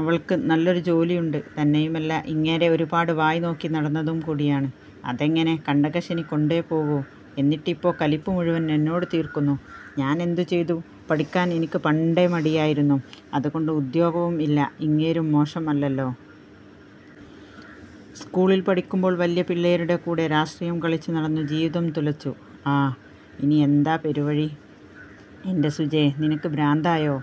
അവൾക്ക് നല്ലൊരു ജോലി ഉണ്ട് തന്നെയുമല്ല ഇങ്ങേരെ ഒരുപാട് വായ് നോക്കി നടന്നതും കൂടിയാണ്. അതെങ്ങനെ കണ്ടക ശനി കൊണ്ടേ പോകൂ. എന്നിട്ടിപ്പോ കലിപ്പ് മുഴുവൻ എന്നോട് തീർക്കുന്നു. ഞാൻ എന്ത് ചെയ്തു പഠിക്കാൻ എനിക്ക് പണ്ടേ മടിയായിരുന്നു. അത് കൊണ്ട് ഉദ്യോഗവും ഇല്ല. ഇങ്ങേരും മോശം അല്ലല്ലോ. സ്കൂളിൽ പഠിക്കുമ്പോൾ വല്ല്യ പിള്ളേരുടെ കൂടെ രാഷ്ട്രീയം കളിച്ചു നടന്നു ജീവിതം തുലച്ചു ആഹ്. ഇനി എന്താ പെരുവഴി. എന്റെ സുജേ, നിനക്ക് ഭ്രാന്തായോ,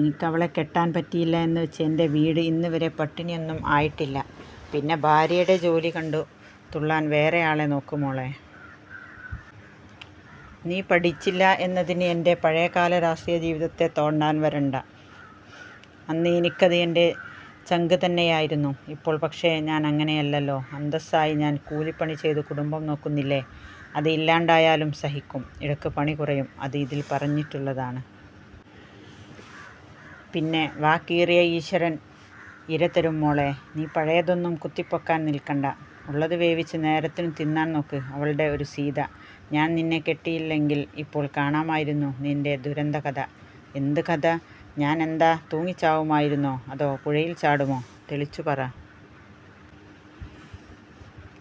എനിക്ക് അവളെ കെട്ടാൻ പറ്റിയില്ല എന്ന് വച്ചു എന്റെ വീട് ഇന്ന് വരെ പട്ടിണി ഒന്നും ആയിട്ടില്ല. പിന്നെ ഭാര്യേടെ ജോലി കണ്ടു തുള്ളാൻ വേറെ ആളെ നോക്ക് മോളെ. നീ പഠിച്ചില്ല എന്നതിന് എന്റെ പഴയ കാല രാഷ്ട്രീയ ജീവിതത്തെ തോണ്ടാൻ വരണ്ട. അന്ന് എനിക്കത് എന്റെ ചങ്ക്തന്നെയായിരുന്നു. ഇപ്പോൾ പക്ഷേ ഞാൻ അങ്ങനെയല്ലല്ലോ. അന്തസ്സായി ഞാൻ കൂലി പണി ചെയ്തു കുടുംബം നോക്കുന്നില്ലേ. അത് ഇല്ലാണ്ടായാലും സഹിക്കും. ഇടക്ക് പണി കുറയും. അത് ഇതിൽ പറഞ്ഞിട്ടുള്ളതാണ്. പിന്നെ വാ കീറിയ ഈശ്വരൻ ഇര തരും മോളെ. നീ പഴയതൊന്നും കുത്തി പൊക്കാൻ നിൽക്കണ്ട. ഉള്ളത് വേവിച്ചു നേരത്തിനു തിന്നാൻ നോക്ക്. അവളുടെ ഒരു സീത, ഞാൻ നിന്നെ കെട്ടിയില്ലെങ്കിൽ ഇപ്പോൾ കാണാമായിരുന്നു നിന്റെ ദുരന്ത കഥ. എന്ത് കഥ, ഞാൻ എന്താ തൂങ്ങി ചാവുമായിരുന്നോ അതോ പുഴയിൽ ചാടുമോ, തെളിച്ചു പറ.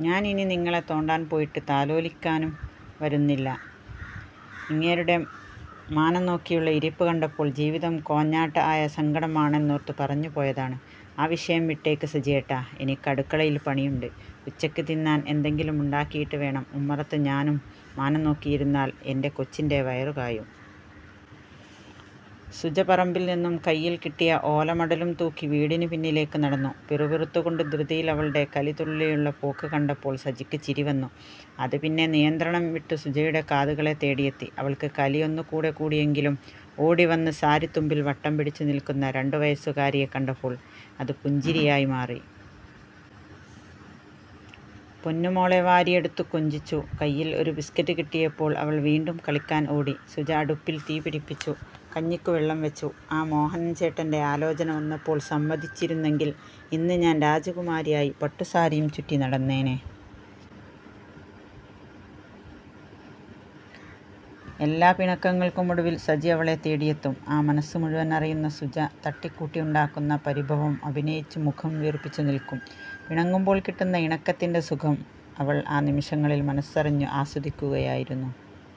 ഞാൻ ഇനി നിങ്ങളെ തോണ്ടാൻ പോയിട്ട് താലോലിക്കാനും വരുന്നില്ല, ഇങ്ങേരുടെ മാനം നോക്കിയുള്ള ഇരിപ്പ് കണ്ടപ്പോൾ ജീവിതം കോഞ്ഞാട്ട ആയ സങ്കടം ആണെന്നോർത്തു പറഞ്ഞു പോയതാണ്. ആ വിഷയം വിട്ടേക്ക് സജിയേട്ടാ. എനിക്ക് അടുക്കളയിൽ പണിയുണ്ട്. ഉച്ചക്ക് തിന്നാൻ എന്തെങ്കിലും ഉണ്ടാക്കിയിട്ട് വേണം. ഉമ്മറത്ത് ഞാനും മാനം നോക്കിയിരുന്നാൽ എന്റെ കൊച്ചിന്റെ വയറു കായും. സുജ പറമ്പിൽ നിന്നും കൈയിൽ കിട്ടിയ ഓല മടലും തൂക്കി വീടിനു പിന്നിലേക്ക് നടന്നു. പിറുപിറുത്തു കൊണ്ട് ധൃതിയിൽ അവളുടെ കലി തുള്ളിയുള്ള പോക്ക് കണ്ടപ്പോൾ സജിക്ക് ചിരി വന്നു. അത് പിന്നെ നിയന്ത്രണം വിട്ടു സുജയുടെ കാതുകളെ തേടിയെത്തി. അവൾക്ക് കലി ഒന്ന് കൂടെ കൂടിയെങ്കിലും ഓടി വന്ന് സാരിത്തുമ്പിൽ വട്ടം പിടിച്ചു നിൽക്കുന്ന രണ്ടു വയസുകാരിയെ കണ്ടപ്പോൾ അത് പുഞ്ചിരിയായി മാറി. പൊന്നു മോളെ വാരിയെടുത്തു കൊഞ്ചിച്ചു. കൈയിൽ ഒരു ബിസ്കറ്റ് കിട്ടിയപ്പോൾ അവൾ വീണ്ടും കളിക്കാൻ ഓടി. സുജ അടുപ്പിൽ തീ പിടിപ്പിച്ചു കഞ്ഞിക്കു വെള്ളം വച്ചു .ആ മോഹനൻ ചേട്ടന്റെ ആലോചന വന്നപ്പോൾ സമ്മതിച്ചിരുന്നെങ്കിൽ ഇന്ന് ഞാൻ രാജകുമാരി ആയി പട്ടു സാരിയും ചുറ്റി നടന്നേനെ. എല്ലാ പിണക്കങ്ങൾക്കും ഒടുവിൽ സജി അവളെ തേടിയെത്തും. ആ മനസ് മുഴുവൻ അറിയുന്ന സുജ തട്ടിക്കൂട്ടി ഉണ്ടാക്കുന്ന പരിഭവം അഭിനയിച്ചു മുഖം വീർപ്പിച്ചു നിൽക്കും. പിണങ്ങുമ്പോൾ കിട്ടുന്ന ഇണക്കത്തിന്റെ സുഖം അവൾ ആ നിമിഷങ്ങളിൽ മനസ്സറിഞ്ഞു ആസ്വദിക്കുകയായിരുന്നു.